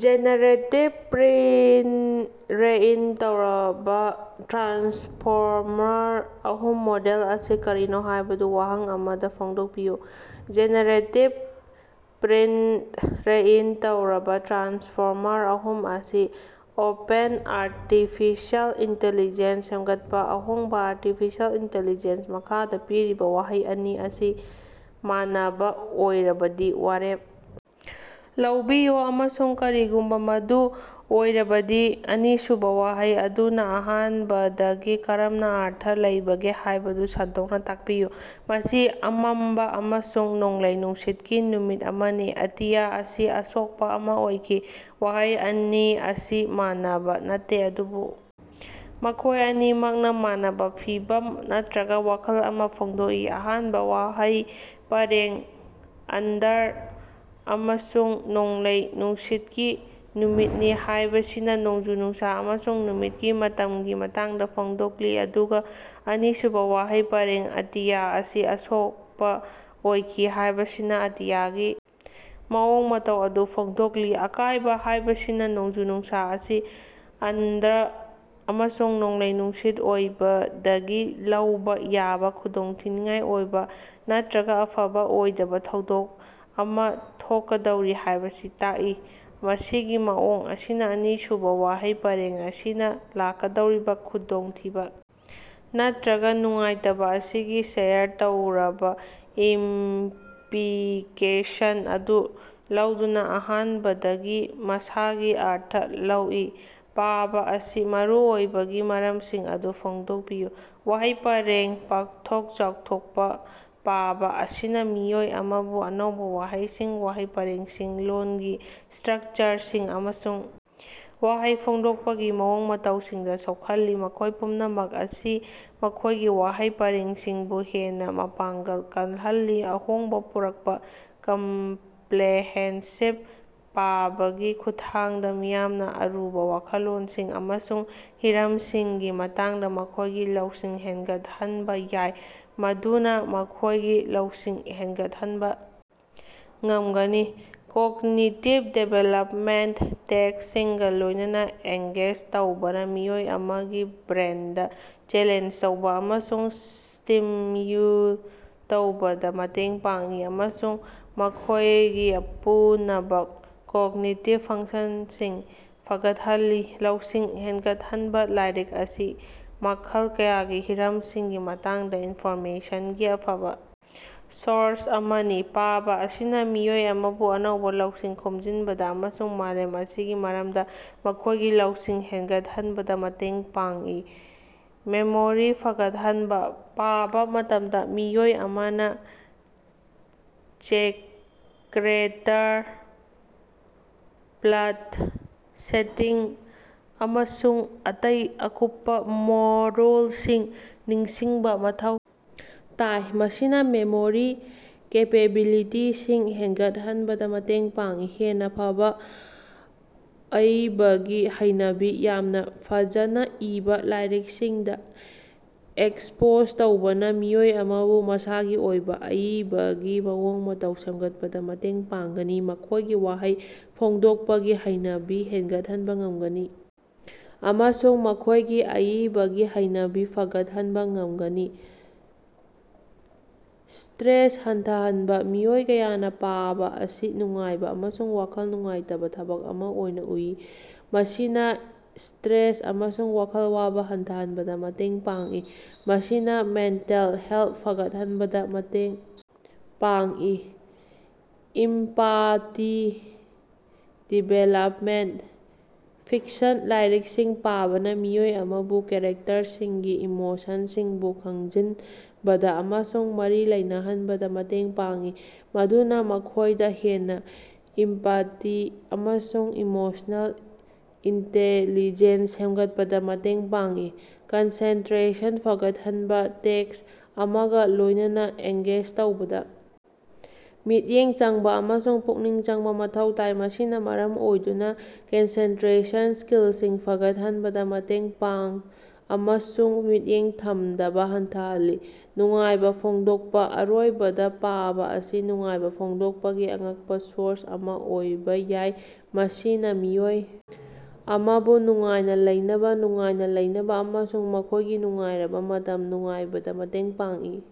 Generative pretrain ꯇꯧꯔꯕ transformer ꯑꯍꯨꯝ model ꯑꯁꯤ ꯀꯔꯤꯅꯣ ꯍꯥꯏꯕꯗꯨ ꯋꯥꯍꯩ ꯑꯃꯗ ꯐꯣꯡꯗꯣꯛꯄꯤꯌꯨ꯫ ꯖꯦꯅꯦꯔꯦꯇꯤꯕ ꯄ꯭ꯔꯤꯠꯔꯦꯏꯟ ꯇꯧꯔꯕꯥ ꯇ꯭ꯔꯥꯟꯁꯐꯣꯔꯃꯔ ꯑꯍꯨꯝ ꯑꯁꯤ ꯑꯣꯄꯦꯟ ꯑꯥꯔꯇꯤꯐꯤꯁꯤꯑꯦꯜ ꯏꯟꯇꯤꯂꯤꯖ‌ꯦꯟꯁ ꯁꯦꯝꯒꯠꯄ ꯑꯍꯣꯡꯕ ꯑꯥꯔꯇꯤꯐꯤꯁꯤꯑꯦꯜ ꯏꯟꯇꯤꯂꯤꯖ‌ꯦꯟꯁ ꯃꯈꯥꯗ ꯄꯤꯔꯤꯕ ꯋꯥꯍꯩ ꯑꯅꯤ ꯑꯁꯤ ꯃꯥꯟꯅꯕ ꯑꯣꯏꯔꯕꯗꯤ ꯋꯥꯔꯦꯞ ꯂꯧꯕꯤꯌꯨ, ꯑꯃꯁꯨꯡ ꯀꯔꯤꯒꯨꯝꯕ ꯃꯗꯨ ꯑꯣꯏꯔꯕꯗꯤ ꯑꯅꯤꯁꯨꯕ ꯋꯥꯍꯩ ꯑꯗꯨꯅ ꯑꯍꯥꯟꯕꯗꯒꯤ ꯀꯔꯝꯅ ꯑꯔꯊ ꯂꯧꯕꯒꯦ ꯍꯥꯏꯕꯗꯨ ꯁꯟꯗꯣꯛꯅ ꯇꯥꯛꯄꯤꯌꯨ꯫ ꯃꯁꯤ ꯑꯃꯝꯕ ꯑꯃꯁꯨꯡ ꯅꯣꯡꯂꯩ ꯅꯨꯡꯁꯤꯠꯀꯤ ꯅꯨꯃꯤꯠ ꯑꯃꯅꯤ꯫ ꯑꯇꯤꯌꯥ ꯑꯁꯤ ꯑꯁꯣꯛꯄ ꯑꯃꯥ ꯑꯣꯏꯈꯤ꯫ ꯋꯥꯍꯩ ꯑꯅꯤ ꯑꯁꯤ ꯃꯥꯟꯅꯕ ꯅꯠꯇꯦ ꯑꯗꯨꯕꯨ ꯃꯈꯣꯏ ꯑꯅꯤꯃꯛꯅ ꯃꯥꯟꯅꯕ ꯐꯤꯚꯝ ꯅꯠꯇꯔꯒ ꯋꯥꯈꯜ ꯑꯃ ꯐꯣꯡꯗꯣꯛꯏ꯫ ꯑꯍꯥꯟꯕ ꯋꯥꯍꯩ ꯄꯔꯦꯡ ꯑꯟꯙ꯭ꯔ ꯑꯃꯁꯨꯡ ꯅꯣꯡꯂꯩ ꯅꯨꯡꯁꯤꯠꯀꯤ ꯅꯨꯃꯤꯠꯅꯤ ꯍꯥꯏꯕꯁꯤꯅ ꯅꯣꯡꯖꯨ-ꯅꯨꯡꯁꯥ ꯑꯃꯁꯨꯡ ꯅꯨꯃꯤꯠꯀꯤ ꯃꯇꯝꯒꯤ ꯃꯇꯥꯡꯗ ꯐꯣꯡꯗꯣꯛꯂꯤ ꯑꯗꯨꯒ ꯑꯅꯤꯁꯨꯕ ꯋꯥꯍꯩ ꯄꯔꯦꯡ ꯑꯇꯤꯌꯥ ꯑꯁꯤ ꯑꯁꯣꯛꯄ ꯑꯣꯏꯈꯤ ꯍꯥꯏꯕꯁꯤꯅ ꯑꯇꯤꯌꯥꯒꯤ ꯃꯑꯣꯡ ꯃꯇꯧ ꯑꯗꯨ ꯐꯣꯡꯗꯣꯛꯂꯤ꯫ ꯑꯀꯥꯏꯕ ꯍꯥꯏꯕꯁꯤꯅ ꯅꯣꯡꯖꯨ-ꯅꯨꯡꯁꯥ ꯑꯁꯤ ꯑꯟꯙ꯭ꯔ ꯑꯃꯁꯨꯡ ꯅꯣꯡꯂꯩ-ꯅꯨꯡꯁꯤꯠ ꯑꯣꯏꯕꯗꯒꯤ ꯂꯧꯕꯥ ꯌꯥꯕ ꯈꯨꯗꯣꯡꯊꯤꯅꯤꯡꯉꯥꯏ ꯑꯣꯏꯕ ꯅꯠꯇꯔꯒ ꯑꯐꯕ ꯑꯣꯏꯗꯕ ꯊꯧꯗꯣꯛ ꯑꯃꯥ ꯊꯣꯛꯀꯗꯧꯔꯤ ꯍꯥꯏꯕꯁꯤ ꯇꯥꯛꯏ꯫ ꯃꯁꯤꯒꯤ ꯃꯑꯣꯡ ꯑꯁꯤꯅ ꯑꯅꯤꯁꯨꯕ ꯋꯥꯍꯩ ꯄꯔꯦꯡ ꯑꯁꯤꯅ ꯂꯥꯛꯀꯗꯧꯔꯤꯕ ꯈꯨꯗꯣꯡꯊꯤꯕ ꯅꯠꯇꯔꯒ ꯅꯨꯡꯉꯥꯏꯇꯕ ꯑꯁꯤꯒꯤ ꯁꯦꯌꯔ ꯇꯧꯔꯕ ꯏꯝꯄꯤꯀꯁꯟ ꯑꯗꯨ ꯂꯧꯗꯨꯅ ꯑꯍꯥꯟꯕꯗꯒꯤ ꯃꯁꯥꯒꯤ ꯑꯔꯊ ꯂꯧꯏ꯫ ꯄꯥꯕ ꯑꯁꯤ ꯃꯔꯨꯑꯣꯏꯕꯒꯤ ꯃꯔꯝꯁꯤꯡ ꯑꯗꯨ ꯐꯣꯡꯗꯣꯛꯄꯤꯌꯨ꯫ ꯋꯥꯍꯩ ꯄꯔꯦꯡ ꯄꯥꯛꯊꯣꯛ ꯆꯥꯎꯊꯣꯛꯄꯥ: ꯄꯥꯕ ꯑꯁꯤꯅ ꯃꯤꯑꯣꯏ ꯑꯃꯕꯨ ꯑꯅꯧꯕ ꯋꯥꯍꯩꯁꯤꯡ, ꯋꯥꯍꯩ ꯄꯔꯦꯡꯁꯤꯡ, ꯂꯣꯜꯒꯤ ꯁ꯭ꯇꯔꯛꯆꯔꯁꯤꯡ, ꯑꯃꯁꯨꯡ ꯋꯥꯍꯩ ꯐꯣꯡꯗꯣꯛꯄꯒꯤ ꯃꯑꯣꯡ ꯃꯇꯧꯁꯤꯡꯗ ꯁꯣꯛꯍꯜꯂꯤ, ꯃꯈꯣꯏ ꯄꯨꯝꯅꯃꯛ ꯑꯁꯤꯅ ꯃꯈꯣꯏꯒꯤ ꯋꯥꯍꯩ ꯄꯔꯦꯡꯁꯤꯡꯕꯨ ꯍꯦꯟꯅ ꯃꯄꯥꯡꯒꯜ ꯀꯜꯍꯜꯂꯤ꯫ ꯑꯍꯣꯡꯕ ꯄꯨꯔꯛꯄ ꯀꯝꯄ꯭ꯔꯦꯍꯦꯟꯁꯤꯕ: ꯄꯥꯕꯒꯤ ꯈꯨꯠꯊꯥꯡꯗ ꯃꯤꯌꯥꯝꯅ ꯑꯔꯨꯕ ꯋꯥꯈꯜꯂꯣꯟꯁꯤꯡ ꯑꯃꯁꯨꯡ ꯍꯤꯔꯝꯁꯤꯡꯒꯤ ꯃꯇꯥꯡꯗ ꯃꯈꯣꯏꯒꯤ ꯂꯧꯁꯤꯡ ꯍꯦꯟꯒꯠꯍꯟꯕ ꯌꯥꯏ, ꯃꯗꯨꯅ ꯃꯈꯣꯏꯒꯤ ꯂꯧꯁꯤꯡ ꯍꯦꯟꯒꯠꯍꯟꯕ ꯉꯝꯒꯅꯤ꯫ ꯀꯣꯒꯅꯤꯇꯤꯚ ꯗꯤꯚꯦꯂꯞꯃꯦꯟꯇ: ꯇꯦꯛꯁꯁꯤꯡꯒ ꯂꯣꯏꯅꯅ ꯑꯦꯡꯒꯦꯖ ꯇꯧꯕꯅ ꯃꯤꯑꯣꯏ ꯑꯃꯒꯤ ꯕ꯭ꯔꯦꯟꯗ ꯆꯦꯂꯦꯟꯖ ꯇꯧꯕ ꯑꯃꯁꯨꯡ ꯁ꯭ꯇꯤꯝꯌꯨꯜ ꯇꯧꯕꯗꯥ ꯃꯇꯦꯡ ꯄꯥꯡꯏ ꯑꯃꯁꯨꯡ ꯃꯈꯣꯌꯒꯤ ꯑꯄꯨꯅꯕꯥ ꯀꯣꯒꯅꯤꯇꯤꯚ ꯐꯪꯁꯟꯁꯤꯡ ꯐꯒꯠꯍꯜꯂꯤ꯫ ꯂꯧꯁꯤꯡ ꯍꯦꯟꯒꯠꯍꯟꯕ: ꯂꯥꯏꯔꯤꯛ ꯑꯁꯤ ꯃꯈꯜ ꯀꯌꯥꯒꯤ ꯍꯤꯔꯝꯁꯤꯡꯒꯤ ꯃꯇꯥꯡꯗ ꯏꯟꯐꯣꯔꯃꯦꯁꯟꯒꯤ ꯑꯐꯕ ꯁꯣꯔꯁ ꯑꯃꯅꯤ꯫ ꯄꯥꯕ ꯑꯁꯤꯅ ꯃꯤꯑꯣꯏ ꯑꯃꯕꯨ ꯑꯅꯧꯕ ꯂꯧꯁꯤꯡ ꯈꯣꯝꯖꯤꯟꯕꯗ ꯑꯃꯁꯨꯡ ꯃꯥꯂꯦꯝ ꯑꯁꯤꯒꯤ ꯃꯔꯝꯗ ꯃꯈꯣꯏꯒꯤ ꯂꯧꯁꯤꯡ ꯍꯦꯟꯒꯠꯍꯟꯕꯗ ꯃꯇꯦꯡ ꯄꯥꯡꯏ꯫ ꯃꯦꯃꯣꯔꯤ ꯐꯒꯠꯍꯟꯕꯥ: ꯄꯥꯕꯥ ꯃꯇꯝꯗ ꯃꯤꯑꯣꯏ ꯑꯃꯅ ꯆꯦꯀꯔꯦꯇꯔ, ꯄ꯭ꯂꯠ, ꯁꯦꯇꯤꯡ ꯑꯃꯁꯨꯡ ꯑꯇꯩ ꯑꯀꯨꯞꯄꯥ ꯃꯔꯣꯜꯁꯤꯡ ꯅꯤꯡꯁꯤꯡꯕ ꯃꯊꯧ ꯇꯥꯏ, ꯃꯁꯤꯅ ꯃꯦꯃꯣꯔꯤ ꯀꯦꯄꯦꯕꯤꯂꯤꯇꯤꯁꯤꯡ ꯍꯦꯟꯒꯠꯍꯟꯕꯗ ꯃꯇꯦꯡ ꯄꯥꯡꯏ꯫ ꯍꯦꯟꯅ ꯐꯕ ꯑꯏꯕꯒꯤ ꯍꯩꯅꯕꯤ: ꯌꯥꯝꯅ ꯐꯖꯅ ꯏꯕꯥ ꯂꯥꯏꯔꯤꯡꯁꯤꯡꯗ ꯑꯦꯛꯁꯄꯣꯖ ꯇꯧꯕꯅ ꯃꯤꯑꯣꯏ ꯑꯃꯕꯨ ꯃꯁꯥꯒꯤ ꯑꯣꯏꯕ ꯑꯏꯕꯒꯤ ꯃꯑꯣꯡ ꯃꯇꯧ ꯁꯦꯝꯒꯠꯄꯗ ꯃꯇꯦꯡ ꯄꯥꯡꯒꯅꯤ, ꯃꯈꯣꯏꯒꯤ ꯋꯥꯍꯩ ꯐꯣꯡꯗꯣꯛꯄꯒꯤ ꯍꯩꯅꯕꯤ ꯍꯦꯟꯒꯠꯍꯟꯕ ꯉꯝꯒꯅꯤ ꯑꯃꯁꯨꯡ ꯃꯈꯣꯏꯒꯤ ꯑꯏꯕꯒꯤ ꯍꯩꯅꯕꯤ ꯐꯒꯠꯍꯟꯕꯥ ꯉꯝꯒꯅꯤ꯫ ꯁ꯭ꯇꯔꯦꯁ ꯍꯟꯊꯍꯟꯕ: ꯃꯤꯑꯣꯏ ꯀꯌꯥꯅ ꯄꯥꯕ ꯑꯁꯤ ꯅꯨꯡꯉꯥꯏꯕ ꯑꯃꯁꯨꯡ ꯋꯥꯈꯜ ꯅꯨꯡꯉꯥꯏꯇꯕ ꯊꯕꯛ ꯑꯃ ꯑꯣꯏꯅ ꯎꯏ, ꯃꯁꯤꯅ ꯁ꯭ꯇꯔꯦꯁ ꯑꯃꯁꯨꯡ ꯋꯥꯈꯜ ꯋꯥꯕ ꯍꯟꯊꯍꯟꯕꯗ ꯃꯇꯦꯡ ꯄꯥꯡꯏ, ꯃꯁꯤꯅ ꯃꯦꯟꯇꯦꯜ ꯍꯦꯜꯊ ꯐꯒꯠꯍꯟꯕꯗ ꯃꯇꯦꯡ ꯄꯥꯡꯏ꯫ ꯏꯝꯄꯥꯇꯤ ꯗꯤꯚꯦꯂꯞꯃꯦꯟꯇ: ꯐꯤꯛꯁꯟ ꯂꯥꯏꯔꯤꯛꯁꯤꯡ ꯄꯥꯕꯅ ꯃꯤꯑꯣꯏ ꯑꯃꯕꯨ ꯀꯦꯔꯦꯛꯇꯔꯁꯤꯡꯒꯤ ꯏꯃꯣꯁꯟꯁꯤꯡꯕꯨ ꯈꯪꯖꯤꯟꯕꯗ ꯑꯃꯁꯨꯡ ꯃꯔꯤ ꯂꯩꯅꯍꯟꯕꯗ ꯃꯇꯦꯡ ꯄꯥꯡꯏ, ꯃꯗꯨꯅ ꯃꯈꯣꯏꯗ ꯍꯦꯟꯅ ꯏꯝꯄꯥꯇꯤ ꯑꯃꯁꯨꯡ ꯏꯃꯣꯁꯅꯦꯜ ꯏꯟꯇꯦꯂꯤꯖꯦꯟꯁ ꯁꯦꯝꯒꯠꯄꯗ ꯃꯇꯦꯡ ꯄꯥꯡꯏ꯫ ꯀꯟꯁꯦꯟꯇꯔꯦꯁꯟ ꯐꯒꯠꯍꯟꯕ: ꯇꯦꯛꯁ ꯑꯃꯒ ꯂꯣꯏꯅꯅ ꯑꯦꯡꯒꯦꯖ ꯇꯧꯕꯗ ꯃꯤꯠꯌꯦꯡ ꯆꯪꯕ ꯑꯃꯁꯨꯡ ꯄꯨꯛꯅꯤꯡ ꯆꯪꯕ ꯃꯊꯧ ꯇꯥꯏ, ꯃꯁꯤꯅ ꯃꯔꯝ ꯑꯣꯏꯗꯨꯅ ꯀꯟꯁꯦꯟꯇ꯭ꯔꯦꯁꯟ ꯁ꯭ꯀꯤꯜꯁꯤꯡ ꯐꯒꯠꯍꯟꯕꯗ ꯃꯇꯦꯡ ꯄꯥꯡ ꯑꯃꯁꯨꯡ ꯃꯤꯠꯌꯦꯡ ꯊꯝꯗꯕ ꯍꯟꯊꯍꯜꯂꯤ꯫ ꯅꯨꯡꯉꯥꯏꯕꯥ ꯐꯣꯡꯗꯣꯛꯄ: ꯑꯔꯣꯏꯕꯗ, ꯄꯥꯕ ꯑꯁꯤ ꯅꯨꯡꯉꯥꯏꯕ ꯐꯣꯡꯗꯣꯛꯄꯒꯤ ꯑꯉꯛꯄ ꯁꯣꯔꯁ ꯑꯃ ꯑꯣꯏꯕ ꯌꯥꯏ, ꯃꯁꯤꯅ ꯃꯤꯑꯣꯏ ꯑꯃꯕꯨ ꯅꯨꯡꯉꯥꯏꯅ ꯂꯩꯅꯕ, ꯅꯨꯡꯉꯥꯏꯅ ꯂꯩꯅꯕ ꯑꯃꯁꯨꯡ ꯃꯈꯣꯏꯒꯤ ꯅꯨꯡꯉꯥꯏꯔꯕ ꯃꯇꯝ ꯅꯨꯡꯉꯥꯏꯕꯗ ꯃꯇꯦꯡ ꯄꯥꯡꯏ꯫